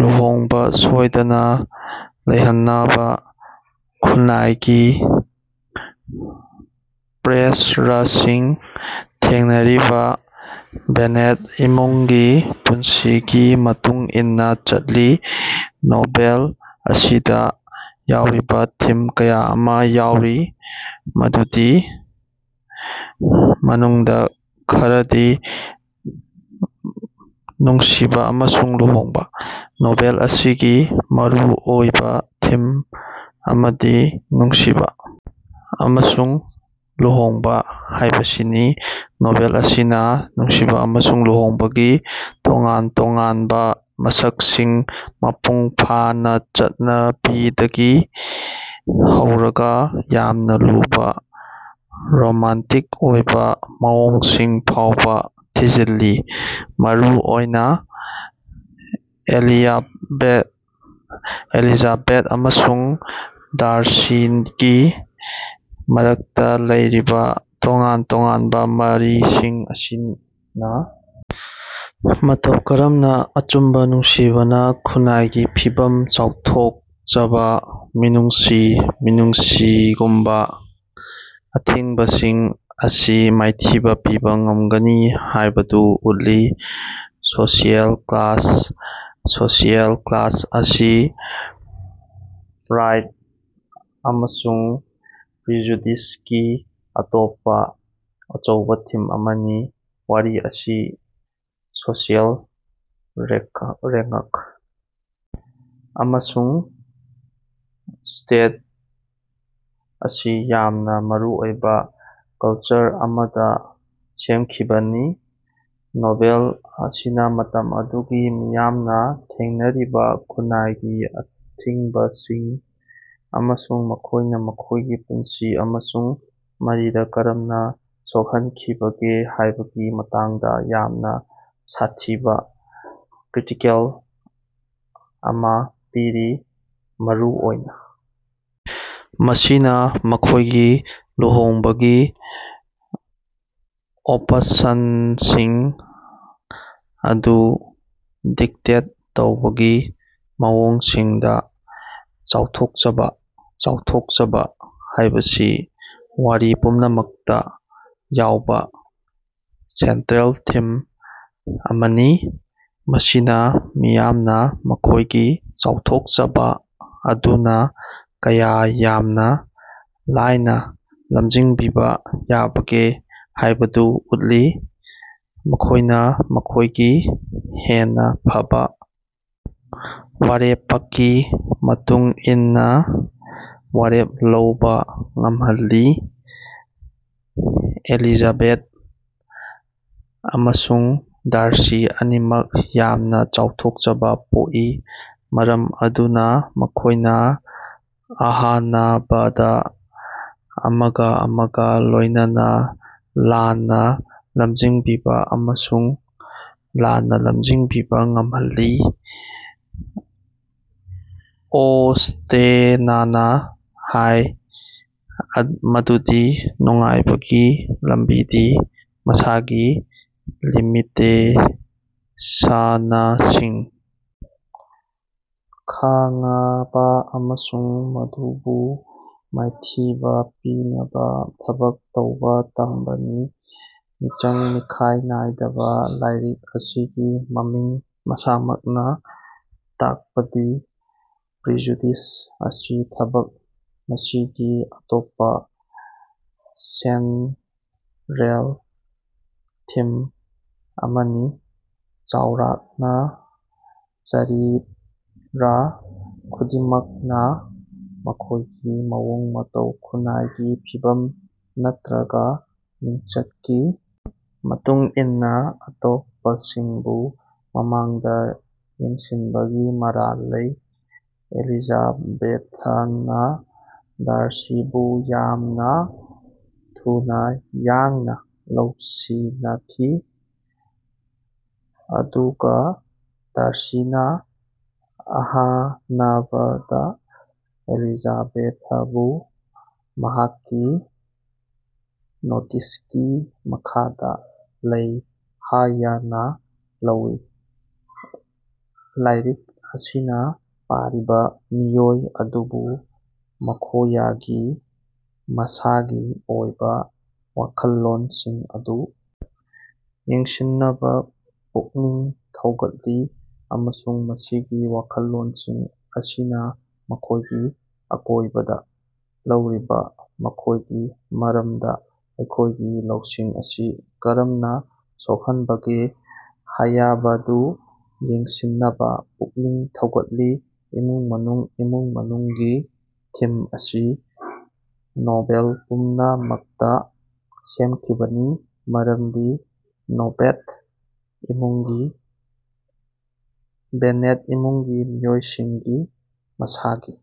ꯂꯨꯍꯣꯡꯕ ꯁꯣꯏꯗꯅ ꯂꯩꯍꯟꯅꯕ ꯈꯨꯟꯅꯥꯏꯒꯤ ꯄ꯭ꯔꯦꯁꯔꯁꯤꯡ ꯊꯦꯡꯅꯔꯤꯕ ꯕꯦꯅꯦꯠ ꯏꯃꯨꯡꯒꯤ ꯄꯨꯟꯁꯤꯒꯤ ꯃꯇꯨꯡ ꯏꯟꯅ ꯆꯠꯂꯤ꯫ ꯅꯣꯚꯦꯜ ꯑꯁꯤꯗ ꯌꯥꯎꯔꯤꯕ ꯊꯤꯝ ꯀꯌꯥ ꯑꯃ ꯌꯥꯎꯔꯤ, ꯃꯗꯨꯒꯤ ꯃꯅꯨꯡꯗ ꯈꯔꯗꯤ: ꯅꯨꯡꯁꯤꯕ ꯑꯃꯁꯨꯡ ꯂꯨꯍꯣꯡꯕ – ꯅꯣꯚꯦꯜ ꯑꯁꯤꯒꯤ ꯃꯔꯨ ꯑꯣꯏꯕ ꯊꯤꯝ ꯑꯃꯗꯤ ꯅꯨꯡꯁꯤꯕ ꯑꯃꯁꯨꯡ ꯂꯨꯍꯣꯡꯕ ꯍꯥꯏꯕꯁꯤꯅꯤ꯫ ꯅꯣꯚꯦꯜ ꯑꯁꯤꯅ ꯅꯨꯡꯁꯤꯕ ꯑꯃꯁꯨꯡ ꯂꯨꯍꯣꯡꯕꯒꯤ ꯇꯣꯉꯥꯟ ꯇꯣꯉꯥꯟꯕ ꯃꯁꯛꯁꯤꯡ, ꯃꯄꯨꯡ ꯐꯥꯅ ꯆꯠꯅꯕꯤꯗꯒꯤ ꯍꯧꯔꯒ ꯌꯥꯝꯅ ꯂꯨꯕ ꯔꯣꯃꯥꯟꯇꯤꯛ ꯑꯣꯏꯕ ꯃꯑꯣꯡꯁꯤꯡ ꯐꯥꯎꯕ ꯊꯤꯖꯤꯜꯂꯤ꯫ ꯃꯔꯨ ꯑꯣꯏꯅ ꯑꯦꯂꯤꯖꯥꯕꯦꯊ ꯑꯃꯁꯨꯡ ꯗꯥꯔꯁꯤꯒꯤ ꯃꯔꯛꯇ ꯂꯩꯔꯤꯕ ꯇꯣꯉꯥꯟ ꯇꯣꯉꯥꯟꯕ ꯃꯔꯤꯁꯤꯡ ꯑꯁꯤꯅ ꯃꯇꯧ ꯀꯔꯝꯅ ꯑꯆꯨꯝꯕ ꯅꯨꯡꯁꯤꯕꯅ ꯈꯨꯟꯅꯥꯏꯒꯤ ꯐꯤꯚꯝ, ꯆꯥꯎꯊꯣꯛꯆꯕ, ꯃꯤꯅꯨꯡꯁꯤ, ꯃꯤꯅꯨꯡꯁꯤꯒꯨꯝꯕ ꯑꯊꯤꯡꯕꯁꯤꯡ ꯑꯁꯤ ꯃꯥꯏꯊꯤꯕꯥ ꯄꯤꯕ ꯉꯝꯒꯅꯤ ꯍꯥꯏꯕꯗꯨ ꯎꯠꯂꯤ꯫ ꯁꯣꯁꯤꯑꯦꯜ ꯀ꯭ꯂꯥꯁ – ꯁꯣꯁꯤꯑꯦꯜ ꯀ꯭ꯂꯥꯁ ꯑꯁꯤ ꯄ꯭ꯔꯥꯏꯗ ꯑꯃꯁꯨꯡ ꯄ꯭ꯔꯤꯖꯨꯗꯤꯁꯀꯤ ꯑꯇꯣꯞꯄ ꯑꯆꯧꯕ ꯊꯤꯝ ꯑꯃꯅꯤ꯫ ꯋꯥꯔꯤ ꯑꯁꯤ ꯁꯣꯁꯤꯑꯦꯜ ꯔꯦꯉꯛ ꯑꯃꯁꯨꯡ ꯁ꯭ꯇꯦꯠ ꯑꯁꯤ ꯌꯥꯝꯅ ꯃꯔꯨꯑꯣꯏꯕ ꯀꯜꯆꯔ ꯑꯃꯗ ꯁꯦꯝꯈꯤꯕꯅꯤ꯫ ꯅꯣꯚꯦꯜ ꯑꯁꯤꯅ ꯃꯇꯝ ꯑꯗꯨꯒꯤ ꯃꯤꯌꯥꯝꯅ ꯊꯦꯡꯅꯔꯤꯕ ꯈꯨꯟꯅꯥꯏꯒꯤ ꯑꯊꯤꯡꯕꯁꯤꯡ ꯑꯃꯁꯨꯡ ꯃꯈꯣꯏꯅ ꯃꯈꯣꯏꯒꯤ ꯄꯨꯟꯁꯤ ꯑꯃꯁꯨꯡ ꯃꯔꯤꯗ ꯀꯔꯝꯅ ꯁꯣꯛꯍꯟꯈꯤꯕꯒꯦ ꯍꯥꯏꯕꯒꯤ ꯃꯇꯥꯡꯗ ꯌꯥꯝꯅ ꯁꯥꯊꯤꯕ ꯀ꯭ꯔꯤꯇꯤꯀꯦꯜ ꯑꯃ ꯄꯤꯔꯤ, ꯃꯔꯨ ꯑꯣꯏꯅ ꯃꯁꯤꯅ ꯃꯈꯣꯏꯒꯤ ꯂꯨꯍꯣꯡꯕꯒꯤ ꯑꯣꯄꯁꯟꯁꯤꯡ ꯑꯗꯨ ꯗꯤꯛꯇꯦꯠ ꯇꯧꯕꯒꯤ ꯃꯑꯣꯡꯁꯤꯡꯗ꯫ ꯆꯥꯎꯊꯣꯛꯆꯕ ꯆꯥꯎꯊꯣꯛꯆꯕ ꯍꯥꯏꯕꯁꯤ ꯋꯥꯔꯤ ꯄꯨꯝꯅꯃꯛꯇ ꯌꯥꯎꯕ ꯁꯦꯟꯇꯔꯦꯜ ꯊꯤꯝ ꯑꯃꯅꯤ꯫ ꯃꯁꯤꯅ ꯃꯤꯌꯥꯝꯅ ꯃꯈꯣꯏꯒꯤ ꯆꯥꯎꯊꯣꯛꯆꯕ ꯑꯗꯨꯅ ꯀꯌꯥ ꯌꯥꯝꯅ ꯂꯥꯏꯅ ꯂꯝꯖꯤꯡꯕꯤꯕ ꯌꯥꯕꯒꯦ ꯍꯥꯏꯕꯗꯨ ꯎꯠꯂꯤ, ꯃꯈꯣꯏꯅ ꯃꯈꯣꯏꯒꯤ ꯍꯦꯟꯅ ꯐꯕꯥ ꯋꯥꯔꯦꯄꯀꯤ ꯃꯇꯨꯡ ꯏꯟꯅꯥ ꯋꯥꯔꯦꯞ ꯂꯧꯕꯥ ꯉꯝꯍꯜꯂꯤ꯫ ꯑꯦꯂꯤꯖꯥꯕꯦꯊ ꯑꯃꯁꯨꯡ ꯗꯥꯔꯁꯤ ꯑꯅꯤꯃꯛ ꯌꯥꯝꯅ ꯆꯥꯎꯊꯣꯛꯆꯕ ꯄꯣꯛꯏ, ꯃꯔꯝ ꯑꯗꯨꯅ ꯃꯈꯣꯏꯅ ꯑꯍꯥꯅꯕꯗ ꯑꯃꯒ ꯑꯃꯒ ꯂꯣꯏꯅꯅ ꯂꯥꯟꯅ ꯂꯝꯖꯤꯡꯕꯤꯕ ꯑꯃꯁꯨꯡ ꯂꯥꯟꯅ ꯂꯝꯖꯤꯡꯕꯤꯕ ꯉꯝꯍꯜꯂꯤ꯫ ꯑꯣꯁ꯭ꯇꯦꯅꯅ ꯍꯥꯏ ꯃꯗꯨꯗꯤ ꯅꯨꯡꯉꯥꯏꯕꯒꯤ ꯂꯝꯕꯤꯗꯤ ꯃꯁꯥꯒꯤ ꯂꯤꯃꯤꯇꯦꯁꯅꯁꯤꯡ ꯈꯉꯕꯥ ꯑꯃꯁꯨꯡ ꯃꯗꯨꯕꯨ ꯃꯥꯏꯊꯤꯕꯥ ꯄꯤꯅꯕꯥ ꯊꯕꯛ ꯇꯧꯕꯥ ꯇꯝꯕꯅꯤ꯫ ꯃꯤꯆꯪ-ꯃꯤꯈꯥꯏ ꯅꯥꯏꯗꯕ ꯂꯥꯏꯔꯤꯛ ꯑꯁꯤꯒꯤ ꯃꯃꯤꯡ ꯃꯁꯥꯃꯛꯅꯥ ꯇꯥꯛꯄꯗꯤ ꯄ꯭ꯔꯤꯖꯨꯗꯤꯁ ꯑꯁꯤ ꯊꯕꯛ ꯑꯁꯤꯒꯤ ꯑꯇꯣꯞꯄꯥ ꯁꯦꯟꯠꯔꯦꯜ ꯊꯤꯝ ꯑꯃꯅꯤ꯫ ꯆꯥꯎꯔꯥꯛꯅ ꯆꯔꯤꯠꯔ ꯈꯨꯗꯤꯡꯃꯛꯅ ꯃꯈꯣꯏꯒꯤ ꯃꯑꯣꯡ ꯃꯇꯧ, ꯈꯨꯟꯅꯥꯏꯒꯤ ꯐꯤꯚꯝ ꯅꯠꯇꯔꯒꯥ ꯃꯤꯡꯆꯠꯀꯤ ꯃꯇꯨꯡ ꯏꯟꯅꯥ ꯑꯇꯣꯞꯄꯁꯤꯡꯕꯨ ꯃꯃꯥꯡꯗꯥ ꯌꯦꯡꯁꯤꯟꯕꯒꯤ ꯃꯔꯥꯜ ꯂꯩ꯫ ꯑꯦꯂꯤꯖꯥꯕꯦꯊꯅꯥ ꯗꯥꯔꯁꯤꯕꯨ ꯌꯥꯝꯅꯥ ꯊꯨꯅꯥ ꯌꯥꯡꯅ ꯂꯧꯁꯤꯅꯈꯤ, ꯑꯗꯨꯒꯥ ꯗꯥꯔꯁꯤꯅꯥ ꯑꯍꯥꯅꯕꯗꯥ ꯑꯦꯂꯤꯖꯥꯕꯦꯊꯕꯨ ꯃꯍꯥꯛꯀꯤ ꯅꯣꯇꯤꯁꯀꯤ ꯃꯈꯥꯗꯥ ꯂꯩ ꯍꯥꯌꯅꯥ ꯂꯧꯏ꯫ ꯂꯥꯏꯔꯤꯛ ꯑꯁꯤꯅꯥ ꯄꯥꯔꯤꯕꯥ ꯃꯤꯑꯣꯏ ꯑꯗꯨꯕꯨ ꯃꯈꯣꯌꯒꯤ ꯃꯁꯥꯒꯤ ꯑꯣꯏꯕ ꯋꯥꯈꯜꯂꯣꯟꯁꯤꯡ ꯑꯗꯨ ꯌꯦꯡꯁꯤꯟꯅꯕꯥ ꯄꯨꯛꯅꯤꯡ ꯊꯧꯒꯠꯂꯤ, ꯑꯃꯁꯨꯡ ꯃꯁꯤꯒꯤ ꯋꯥꯈꯜꯂꯣꯟꯁꯤꯡ ꯑꯁꯤꯅꯥ ꯑꯩꯈꯣꯏꯒꯤ ꯑꯀꯣꯏꯕꯗ ꯂꯩꯔꯤꯕꯥ ꯃꯤꯑꯣꯏꯁꯤꯡꯒꯤ ꯃꯔꯝꯗ ꯑꯩꯈꯣꯏꯒꯤ ꯂꯧꯁꯤꯡ ꯑꯁꯤ ꯀꯔꯝꯅ ꯁꯣꯛꯍꯟꯕꯒꯦ ꯍꯥꯌꯕꯗꯨ ꯌꯦꯡꯁꯤꯟꯅꯕꯥ ꯄꯨꯛꯅꯤꯡ ꯊꯧꯒꯠꯂꯤ꯫ ꯏꯃꯨꯡ-ꯃꯅꯨꯡ ꯏꯃꯨꯡ-ꯃꯅꯨꯡꯒꯤ ꯊꯤꯝ ꯑꯁꯤ ꯅꯣꯚꯦꯜ ꯄꯨꯝꯅꯃꯛꯇꯥ ꯁꯦꯝꯈꯤꯕꯅꯤ, ꯃꯔꯝꯗꯤ ꯕꯦꯅꯦꯠ ꯏꯃꯨꯡꯒꯤ ꯃꯤꯑꯣꯏꯁꯤꯡꯒꯤ ꯃꯁꯥꯒꯤ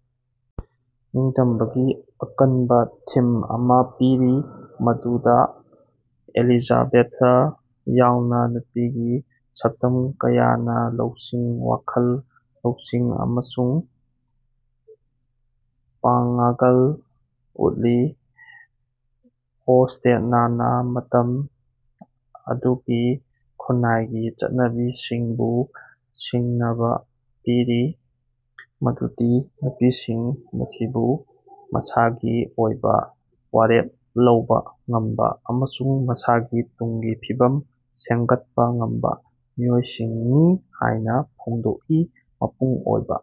ꯅꯤꯡꯇꯝꯕꯒꯤ ꯑꯀꯟꯕꯥ ꯊꯤꯝ ꯑꯃꯥ ꯄꯤꯔꯤ, ꯃꯗꯨꯗꯥ ꯑꯦꯂꯤꯖꯥꯕꯦꯊ ꯌꯥꯎꯅ ꯅꯨꯄꯤꯒꯤ ꯁꯛꯇꯝ ꯀꯌꯥꯅꯥ ꯂꯧꯁꯤꯡ, ꯋꯥꯈꯜ ꯂꯧꯁꯤꯡ ꯑꯃꯁꯨꯡ ꯄꯥꯉ꯭ꯒꯜ ꯎꯠꯂꯤ꯫ ꯑꯣꯁ꯭ꯇꯦꯅꯅꯥ ꯃꯇꯝ ꯑꯗꯨꯒꯤ ꯈꯨꯟꯅꯥꯏꯒꯤ ꯆꯠꯅꯕꯤꯁꯤꯡꯕꯨ ꯁꯤꯡꯅꯕ ꯄꯤꯔꯤ ꯃꯗꯨꯗꯤ ꯅꯨꯄꯤꯁꯤꯡ ꯑꯁꯤꯕꯨ ꯃꯁꯥꯒꯤ ꯑꯣꯏꯕꯥ ꯋꯥꯔꯦꯞ ꯂꯧꯕꯥ ꯉꯝꯕꯥ ꯑꯃꯁꯨꯡ ꯃꯁꯥꯒꯤ ꯇꯨꯡꯒꯤ ꯐꯤꯕꯝ ꯁꯦꯝꯒꯠꯄ ꯉꯝꯕ ꯃꯤꯑꯣꯏꯁꯤꯡꯅꯤ ꯍꯥꯏꯅ ꯐꯣꯡꯗꯣꯛꯏ꯫ ꯃꯄꯨꯡ ꯑꯣꯏꯕ।